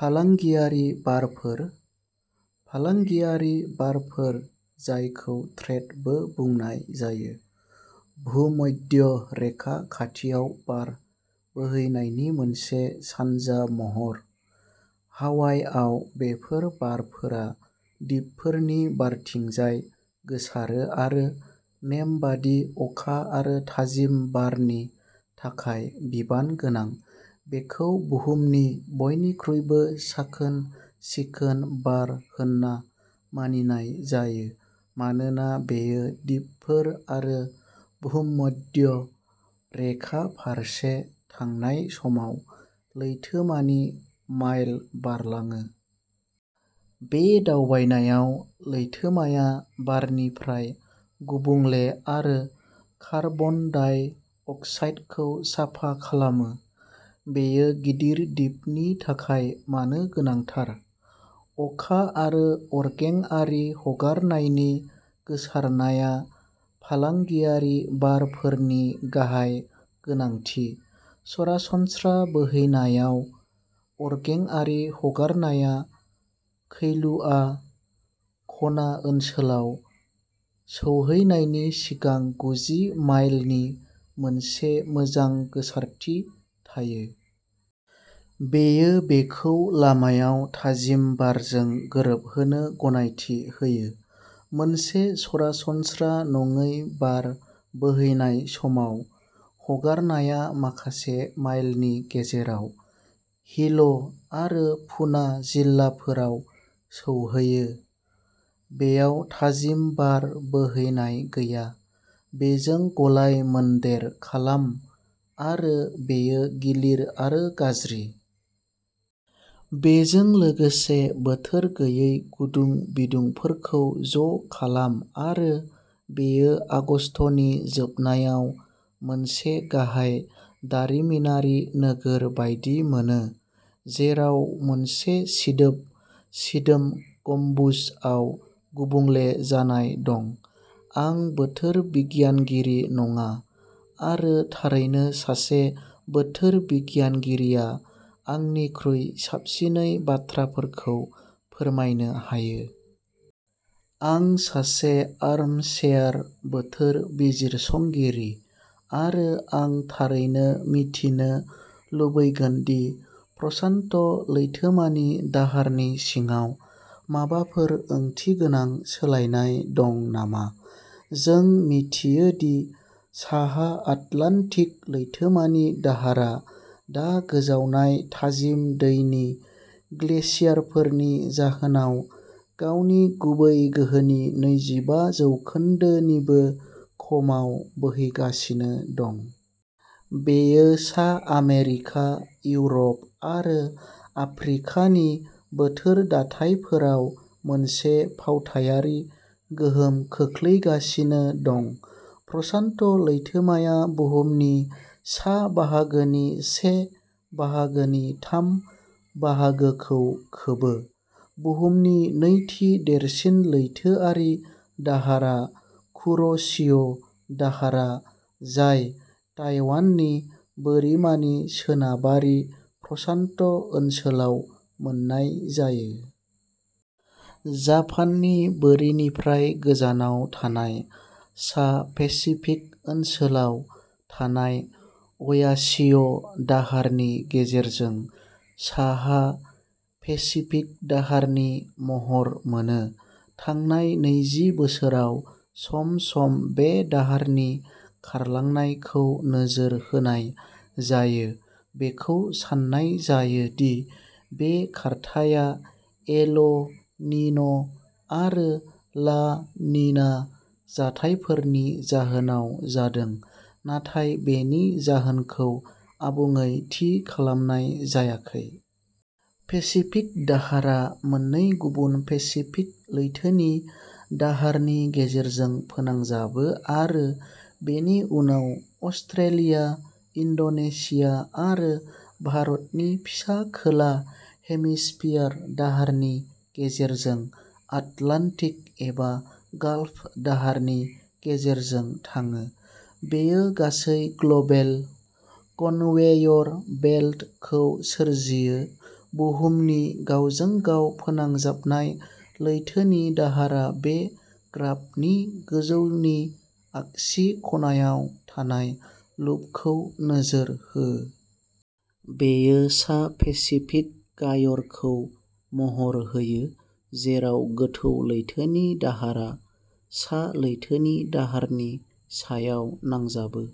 फालांगियारि बारफोर? फालांगियारि बारफोर जायखौ ट्रेड बो बुंनाय जायो, भुमध्य रेखा खाथियाव बार बोहैनायनि मोनसे सानजा महर। हावाइआव बेफोर बारफोरा दिपफोरनि बारथिंजाय गोसारो आरो नेमबादि अखा आरो थाजिम बारनि थाखाय बिबान गोनां। बेखौ बुहुमनि बयनिख्रुइबो साखोन-सिखोन बार होनना मानिनाय जायो मानोना बेयो दिपफोर आरो भुमध्य रेखा फारसे थांनाय समाव लैथोमानि माइल बारलाङो। बे दावबायनायाव लैथोमाया बारनिफ्राय गुबुंले आरो कार्बन डाइ अक्साइडखौ साफा खालामो। बेयो गिदिर दिपनि थाखाय मानो गोनांथार? अखा आरो अरगेंआरि हगारनायनि गोसारनाया फालांगियारि बारफोरनि गाहाय गोनांथि। सरासनस्रा बोहैनायाव, अरगेंआरि हगारनाया कैलुआ कना ओनसोलाव सौहैनायनि सिगां गुजि माइलनि मोनसे मोजां गोसारथि थायो। बेयो बेखौ लामायाव थाजिम बारजों गोरोबहोनो गनायथि होयो। मोनसे सरासनस्रा नङै बार बोहैनाय समाव, हगारनाया माखासे माइलनि गेजेराव हिल' आरो पुना जिल्लाफोराव सौहैयो। बेयाव थाजिम बार बोहैनाय गैया। बेजों गलाय-मोनदेर खालाम आरो बेयो गिलिर आरो गाज्रि। बेजों लोगोसे बोथोर गैयै गुदुं बिदुंफोरखौ ज'खालाम आरो बेयो आगस्तनि जोबनायाव मोनसे गाहाय दारिमिनारि नोगोर बायदि मोनो, जेराव मोनसे सिदोब, सिदोम गम्बुजआव गुबुंले जानाय दं। आं बोथोर बिगियानगिरि नङा। आरो, थारैनो सासे बोथोर बिगियानगिरिया आंनिख्रुइ साबसिनै बाथ्राफोरखौ फोरमायनो हायो। आं सासे आर्मचेयार बोथोर बिजिरसंगिरि आरो आं थारैनो मिथिनो लुबैगोन दि प्रशान्त लैथोमानि दाहारनि सिङाव माबाफोर ओंथिगोनां सोलायनाय दं नामा। जों मिथियो दि साहा आटलान्टिक लैथोमानि दाहारा दा गोजावनाय थाजिम दैनि ग्लेसियारफोरनि जाहोनाव गावनि गुबै गोहोनि नैजिबा जौखोन्दो निबो खमाव बोहैगासिनो दं। बेयो सा आमेरिका, इउर'प आरो आफ्रिकानि बोथोर दाथायफोराव मोनसे फावथायारि गोहोम खोख्लैगासिनो दं। प्रशान्त लैथोमाया बुहुमनि सा-बाहागोनि से बाहागोनि थाम बाहागोखौ खोबो। बुहुमनि नैथि देरसिन लैथोआरि दाहारा कुर'शिअ' दाहारा, जाय ताइवाननि बोरिमानि सोनाबारि प्रशान्त ओनसोलाव मोननाय जायो। जापाननि बोरिनिफ्राय गोजानाव थानाय सा पेसिफिक ओनसोलाव थानाय अ'यासिअ'दाहारनि गेजेरजों साहा पेसिफिक दाहारनि महर मोनो। थांनाय नैजि बोसोराव, सम-सम बे दाहारनि खारलांनाय खौ नोजोर होनाय जायो। बेखौ सान्नाय जायो दि बे खारथाया एल निन' आरो ला निना जाथायफोरनि जाहोनाव जादों, नाथाय बेनि जाहोनखौ आबुङै थि खालामनाय जायाखै। पेसिफिक दाहारा मोननै गुबुन पेसिफिक लैथोनि दाहारनि गेजेरजों फोनांजाबो आरो बेनि उनाव अस्ट्रेलिया, इन्ड'नेशिया आरो भारतनि फिसा खोला हेमिस्फियार दाहारनि गेजेरजों आटलान्टिक एबा गाल्फ दाहारनि गेजेरजों थाङो। बेयो गासै ग्ल'बेल कन्वेयर बेल्ट खौ सोरजियो बुहुमनि गावजों-गाव फोनांजाबनाय लैथोनि दाहारा बे ग्राफनि गोजौनि आगसि खनायाव थानाय लुपखौ नोजोर हो। बेयो सा पेसिफिक गायरखौ महर होयो जेराव गोथौ लैथोनि दाहारा सा लैथोनि दाहारनि सायाव नांजाबो।